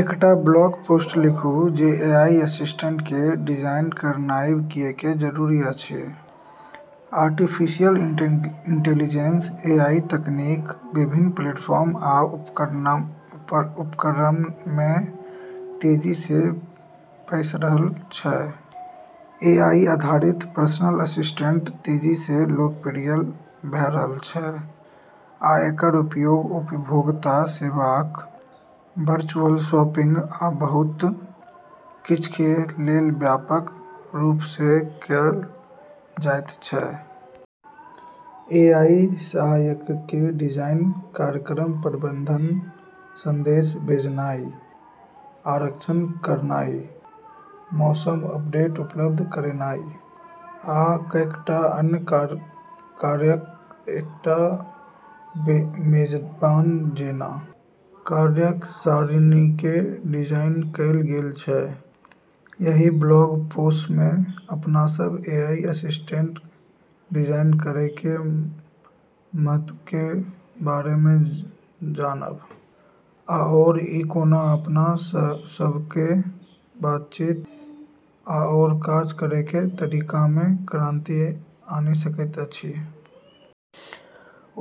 एकटा blog post लिखु जे एआई असिस्टेंटके डिजाइन करनाइ किएक जरूरी अछि । आर्टिफिशियल इंटेलिजेंस (एआई) तकनीक विभिन्न प्लेटफार्म आ उपकरणमे तेजीसँ पसैर रहल छै । एआई आधारित पर्सनल असिस्टेंट तेजीसँ लोकप्रिय भ' रहल छै आ एकर उपयोग उपभोक्ता सेवाक, वर्चुअल शॉपिंग आ बहुत किछके लेल व्यापक रूपसँ कैल जाइत छै । एआई सहायकके डिजाइन कार्यक्रमक प्रबंधन, संदेश भेजनाइ, आरक्षण करनाइ, मौसम अपडेट उपलब्ध करेनाइ, आ कएक टा अन्य कार्यक एकटा मेजबान जेना कार्यक सारिणीके सङ्ग डिजाइन कैल गेल छै । एहि ब्लॉग पोस् मे अपनासब एआई असिस्टेंटके डिजाइन करैके महत्वके बारेमे जानब आओर ई कोना अपना सबहक बातचीत आओर काज करैके तरीकामे क्रांति आनि सकैत अछि ।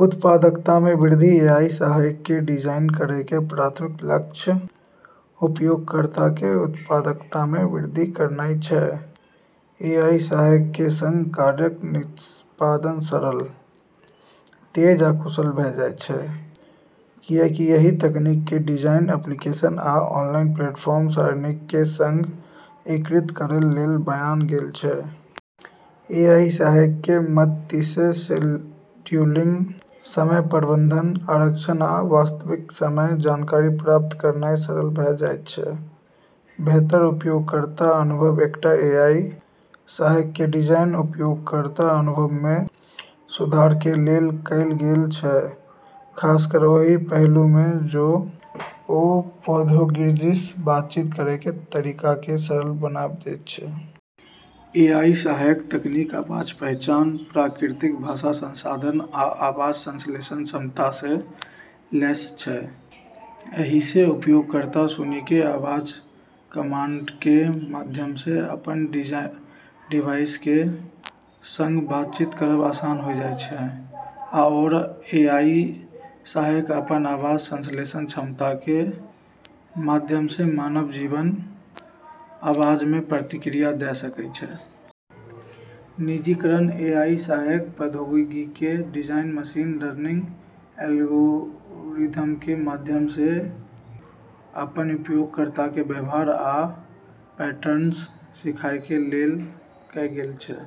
उत्पादकतामे वृद्धि एआई सहायकके डिजाइन करैके प्राथमिक लक्ष्य उपयोगकर्ताकेँ उत्पादकतामे वृद्धि करनाइ छै । एआई सहायकके सङ्ग कार्यक निष्पादन सरल, तेज आ कुशल भ' जाइत छै, किएकि एहि तकनीकके डिजाइन एप्लीकेशन आ ऑनलाइन प्लेटफॉर्मक सारिणीके सङ्ग एकीकृत करैके लेल बनायल गेल छै । एआई सहायकके मदतिसँ शेड्यूलिंग, समय प्रबंधन, आरक्षण आ वास्तविक समय जानकारी प्राप्त करनाइ सरल भ' जाइत छै । बेहतर उपयोगकर्ता अनुभव एकटा एआई सहायकके डिजाइन उपयोगकर्ताक अनुभवमे सुधारके लेल कैल गेल छै खासकर ओहि पहलुमे जे ओ प्रौद्योगिकीसँ बातचीत करैके तरीकाके सरल बनबैत छै । एआई सहायक तकनीक आवाज पहचान, प्राकृतिक भाषा संसाधन आ आवाज संश्लेषण क्षमतासँ लैस छै । एहिसँ उपयोगकर्ता सुनिके आवाज कमांडके माध्यमसँ अपन डिवाइसके सङ्ग बातचीत करब आसान होइ जाइत छै आओर एआई सहायक अपन आवाज संश्लेषण क्षमताके माध्यमसँ मानव जेहन आवाजमे प्रतिक्रिया द' सकै छै। निजीकरण एआई सहायक प्रौद्योगिकीके डिजाइन मशीन लर्निंग एल्गोरिदमके माध्यमसँ अपन उपयोगकर्ताके व्यवहार आ पैटर्नसँ सीखयके लेल कैल गेल छै।